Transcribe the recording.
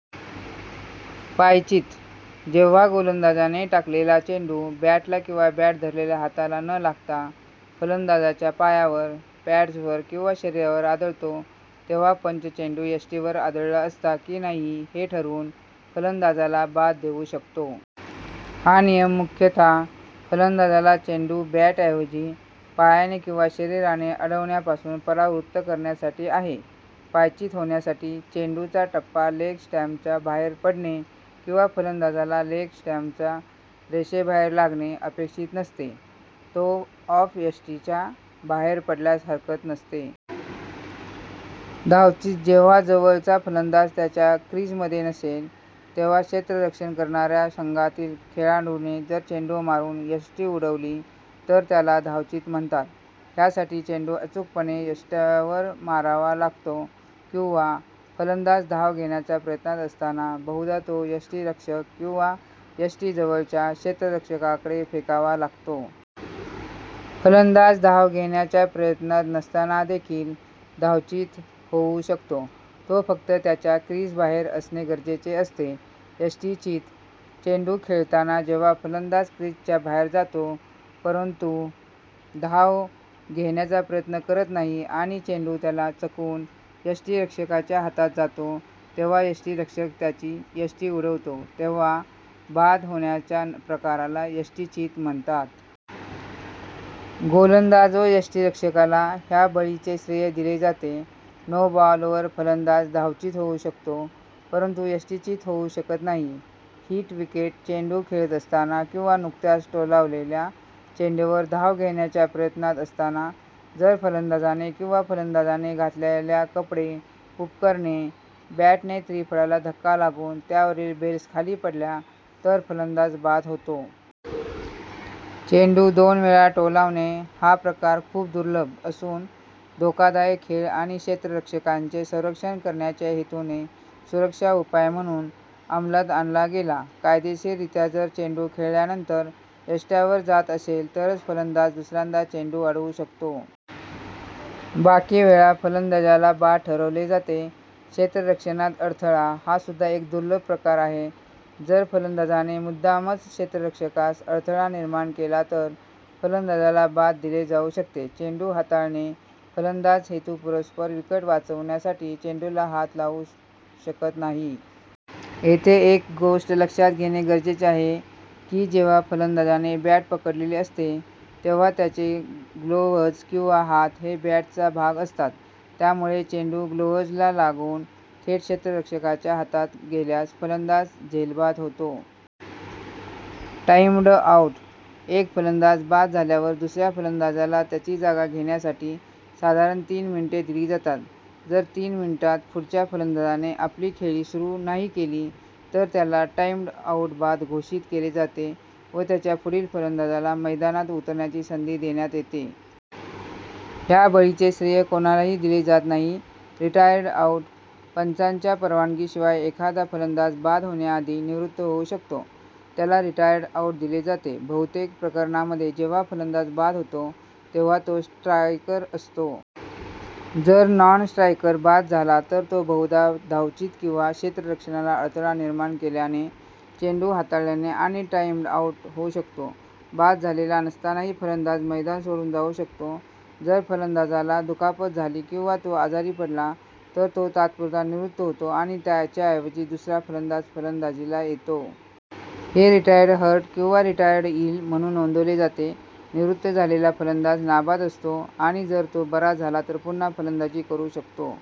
पायचीत: जेव्हा गोलंदाजाने टाकलेला चेंडू बॅटला किंवा बॅट धरलेल्या हाताला न लागता फलंदाजाच्या पायावर, पॅड्जवर किंवा शरीरावर आदळतो तेव्हा पंच चेंडू यष्टींवर आदळला असता की नाही हे ठरवून फलंदाजाला बाद देऊ शकतो. हा नियम मुख्यतः फलंदाजाला चेंडू बॅटऐवजी पायाने किंवा शरीराने अडवण्यापासून परावृत्त करण्यासाठी आहे. पायचीत होण्यासाठी, चेंडूचा टप्पा लेग स्टंपच्या बाहेर पडणे किंवा फलंदाजाला लेग-स्टंपच्या रेषेबाहेर लागणे अपेक्षित नसते. तो ऑफ-यष्टीच्या बाहेर पडल्यास हरकत नसते. धावचीत: जेव्हा जवळचा फलंदाज त्याच्या क्रिजमध्ये नसेल, तेव्हा क्षेत्ररक्षण करणाऱ्या संघातील खेळाडूने जर चेंडू मारून यष्टी उडवली तर त्याला धावचीत म्हणतात. ह्यासाठी चेंडू अचूकपणे यष्ट्यांवर मारावा लागतो, किंवा फलंदाज धाव घेण्याच्या प्रयत्नात असताना, बहुधा तो यष्टिरक्षक किंवा यष्टीजवळच्या क्षेत्ररक्षकाकडे फेकावा लागतो. फलंदाज धाव घेण्याच्या प्रयत्नात नसताना देखील "धावचीत" होवू शकतो; तो फक्त त्याच्या क्रिजबाहेर असणे गरजेचे असते. यष्टिचीत: चेंडू खेळतांना जेव्हा फलंदाज क्रिजच्या बाहेर जातो, परंतु धाव घेण्याचा प्रयत्न करत नाही आणि चेंडू त्याला चकवून यष्टिरक्षकाच्या हातात जातो तेव्हा यष्टिरक्षक त्याची यष्टी उडवतो तेव्हा, बाद होण्याच्या प्रकाराला यष्टिचीत म्हणतात. गोलंदाज व यष्टीरक्षकाला ह्या बळीचे श्रेय दिले जाते. नो बॉल वर फलंदाज धावचीत होवू शकतो परंतु यष्टिचीत होऊ शकत नाही. हिट विकेट: चेंडू खेळत असताना किंवा नुकत्याच टोलावलेल्या चेंडूवर धाव घेण्याच्या प्रयत्नात असताना, जर फलंदाजाने किंवा फलंदाजाने घातलेल्या कपडे, उपकरणे, बॅटने त्रिफळ्याला धक्का लागून त्यावरील बेल्स खाली पडल्या तर फलंदाज बाद होतो. चेंडू दोन वेळा टोलावणे: हा प्रकार खूप दुर्लभ असून, धोकादायक खेळ आणि क्षेत्ररक्षकांचे संरक्षण करण्याच्या हेतूने सुरक्षा उपाय म्हणून अंमलात आणला गेला. कायदेशीररित्या जर चेंडू खेळल्यानंतर, यष्ट्यांवर जात असेल तरच फलंदाज दुसऱ्यांदा चेंडू अडवू शकतो. बाकीवेळा फलंदाजाला बाद ठरवले जाते. क्षेत्ररक्षणात अडथळा: हा सुद्धा एक दुर्लभ प्रकार आहे. जर फलंदाजाने मुद्दामच क्षेत्ररक्षकास अडथळा निर्माण केला तर फलंदाजाला बाद दिले जाऊ शकते. चेंडू हाताळणे: फलंदाज हेतुपुरस्सर विकेट वाचवण्यासाठी चेंडूला हात लावू शकत नाही. येथे एक गोष्ट लक्षात घेणे गरजेचे आहे, की जेव्हा फलंदाजाने बॅट पकडलेली असते तेव्हा त्याचे ग्लोव्हज किंवा हात हे बॅटचा भाग असतात, त्यामुळे चेंडू ग्लोव्हजला लागून थेट क्षेत्ररक्षकाच्या हातात गेल्यास फलंदाज झेलबाद होतो. टाईम्ड आऊट: एक फलंदाज बाद झाल्यावर दुसऱ्या फलंदाजाला त्याची जागा घेण्यासाठी साधारण तीन मिनिटे दिली जातात. जर तीन मिनिटात पुढच्या फलंदाजाने आपली खेळी सुरू नाही केली तर त्याला टाईम्ड आउट बाद घोषित केले जाते व त्याच्या पुढील फलंदाजाला मैदानात उतरण्याची संधी देण्यात येते. ह्या बळीचे श्रेय कोणालाही दिले जात नाही.. रिटायर्ड आउट: पंचांच्या परवानगीशिवाय एखादा फलंदाज बाद होण्याआधी निवृत्त होऊ शकतो, त्याला रिटायर्ड आऊट दिले जाते. बहुतेक प्रकरणांमध्ये जेव्हा फलंदाज बाद होतो, तेव्हा तो स्ट्रायकर असतो. जर नॉन-स्ट्रायकर बाद झाला तर तो बहुधा धावचीत किंवा क्षेत्ररक्षणाला अडथळा निर्माण केल्याने, चेंडू हाताळल्याने आणि टाईम्ड आऊट होऊ शकतो. बाद झालेला नसतानाही फलंदाज मैदान सोडून जाऊ शकतो. जर फलंदाजाला दुखापत झाली किंवा तो आजारी पडला, तर तो तात्पुरता निवृत्त होतो आणि त्याच्याऐवजी दुसरा फलंदाज फलंदाजीला येतो. हे रिटायर्ड हर्ट किंवा रिटायर्ड इल म्हणून नोंदवले जाते. निवृत्त झालेला फलंदाज नाबाद असतो आणि जर तो बरा झाला तर पुन्हा फलंदाजी करू शकतो.